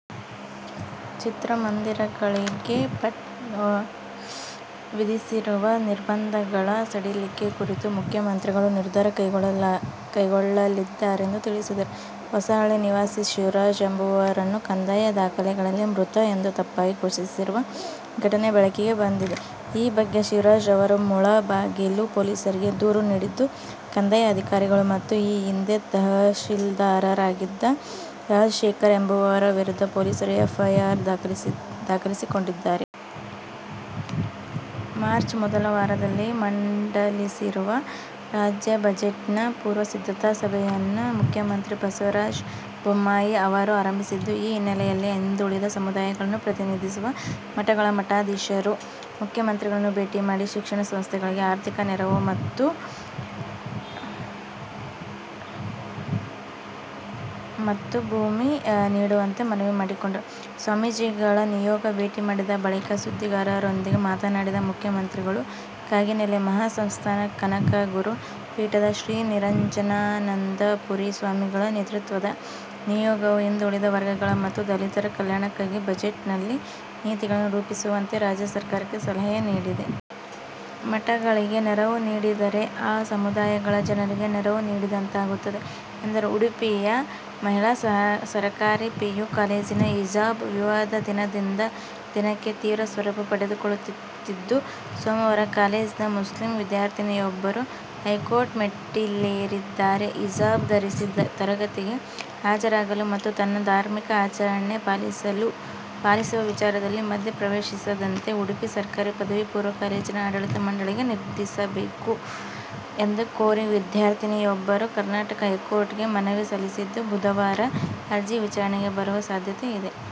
ಚಿತ್ರಮಂದಿರಗಳಿಗೆ ವಿಧಿಸಿರುವ ನಿರ್ಬಂಧಗಳ ಸಡಿಲಿಕೆ ಕುರಿತು ಮುಖ್ಯಮಂತ್ರಿಗಳು ನಿರ್ಧಾರ ಕೈಗೊಳ್ಳಲಿದ್ದಾರೆಂದು ತಿಳಿಸಿದರು. ಹೊಸಹಳ್ಳಿ ನಿವಾಸಿ ಶಿವರಾಜ್ ಎಂಬುವವರನ್ನು ಕಂದಾಯ ದಾಖಲೆಗಳಲ್ಲಿ ಮೃತ ಎಂದು ತಪ್ಪಾಗಿ ಘೋಷಿಸಿರುವ ಘಟನೆ ಬೆಳಕಿಗೆ ಬಂದಿದೆ. ಈ ಬಗ್ಗೆ ಶಿವರಾಜ್ ಅವರು ಮುಳಬಾಗಿಲು ಪೊಲೀಸರಿಗೆ ದೂರು ನೀಡಿದ್ದು, ಕಂದಾಯ ಅಧಿಕಾರಿಗಳು ಮತ್ತು ಈ ಹಿಂದೆ ತಹಶೀಲ್ದಾರರಾಗಿದ್ದ ರಾಜಶೇಖರ್ ಎಂಬುವವರ ವಿರುದ್ಧ ಪೊಲೀಸರು ಎಫ್ ಐ ಆರ್ ದಾಖಲಿಸಿಕೊಂಡಿದ್ದಾರೆ. ಮಾರ್ಚ್ ಮೊದಲ ವಾರದಲ್ಲಿ ಮಂಡಿಸಲಿರುವ ರಾಜ್ಯ ಬಜೆಟ್ನ ಪೂರ್ವಸಿದ್ಧತಾ ಸಭೆಯನ್ನು ಮುಖ್ಯಮಂತ್ರಿ ಬಸವರಾಜ ಬೊಮ್ಮಾಯಿ ಅವರು ಆರಂಭಿಸಿದ್ದು, ಈ ಹಿನ್ನೆಲೆಯಲ್ಲಿ ಹಿಂದುಳಿದ ಸಮುದಾಯಗಳನ್ನು ಪ್ರತಿನಿಧಿಸುವ ಮಠಗಳ ಮಠಾಧೀಶರು ಮುಖ್ಯಮಂತ್ರಿಗಳನ್ನು ಭೇಟಿ ಮಾಡಿ ಶಿಕ್ಷಣ ಸಂಸ್ಥೆಗಳಿಗೆ ಆರ್ಥಿಕ ನೆರವು ಮತ್ತು ಭೂಮಿ ನೀಡುವಂತೆ ಮನವಿ ಮಾಡಿಕೊಂಡರು. ಸ್ವಾಮೀಜಿಗಳ ನಿಯೋಗ ಭೇಟಿ ಮಾಡಿದ ಬಳಿಕ ಸುದ್ದಿಗಾರರೊಂದಿಗೆ ಮಾತನಾಡಿದ ಮುಖ್ಯಮಂತ್ರಿಗಳು, ಕಾಗಿನೆಲೆ ಮಹಾಸಂಸ್ಥಾನ ಕನಕಗುರು ಪೀಠದ ಶ್ರೀ ನಿರಂಜನಾನಂದ ಪುರಿ ಸ್ವಾಮಿಗಳ ನೇತೃತ್ವದ ನಿಯೋಗವು ಹಿಂದುಳಿದ ವರ್ಗಗಳ ಮತ್ತು ದಲಿತರ ಕಲ್ಯಾಣಕ್ಕಾಗಿ ಬಜೆಟ್ನಲ್ಲಿ ನೀತಿಗಳನ್ನು ರೂಪಿಸುವಂತೆ ರಾಜ್ಯ ಸರ್ಕಾರಕ್ಕೆ ಸಲಹೆ ನೀಡಿದೆ. ಮಠಗಳಿಗೆ ನೆರವು ನೀಡಿದರೆ, ಆ ಸಮುದಾಯಗಳ ಜನರಿಗೆ ನೆರವು ನೀಡಿದಂತಾಗುತ್ತದೆ ಎಂದರು. ಉಡುಪಿಯ ಮಹಿಳಾ ಸರಕಾರಿ ಪಿಯು ಕಾಲೇಜಿನ ಹಿಜಾಬ್ ವಿವಾದ ದಿನದಿಂದ ದಿನಕ್ಕೆ ತೀವ್ರ ಸ್ವರೂಪ ಪಡೆದುಕೊಳ್ಳುತ್ತಿದ್ದು, ಸೋಮವಾರ ಕಾಲೇಜ್ ನ ಮುಸ್ಲಿಂ ವಿದ್ಯಾರ್ಥಿನಿಯೊಬ್ಬರು ಹೈಕೋರ್ಟ್ ಮೆಟ್ಟಿಲೇರಿದ್ದಾರೆ. ಹಿಜಾಬ್ ಧರಿಸಿ ತರಗತಿಗೆ ಹಾಜರಾಗಲು ಮತ್ತು ತನ್ನ ಧಾರ್ಮಿಕ ಆಚರಣೆ ಪಾಲಿಸುವ ವಿಚಾರದಲ್ಲಿ ಮಧ್ಯಪ್ರವೇಶಿಸದಂತೆ ಉಡುಪಿ ಸರ್ಕಾರಿ ಪದವಿ ಪೂರ್ವ ಕಾಲೇಜಿನ ಆಡಳಿತ ಮಂಡಳಿಗೆ ನಿರ್ದೇಶಿಸಬೇಕು ಎಂದು ಕೋರಿ ವಿದ್ಯಾರ್ಥಿನಿಯೊಬ್ಬರು ಕರ್ನಾಟಕ ಹೈಕೋರ್ಟ್ ಗೆ ಮನವಿ ಸಲ್ಲಿಸಿದ್ದು, ಬುಧವಾರ ಅರ್ಜಿ ವಿಚಾರಣೆಗೆ ಬರುವ ಸಾಧ್ಯತೆ ಇದೆ.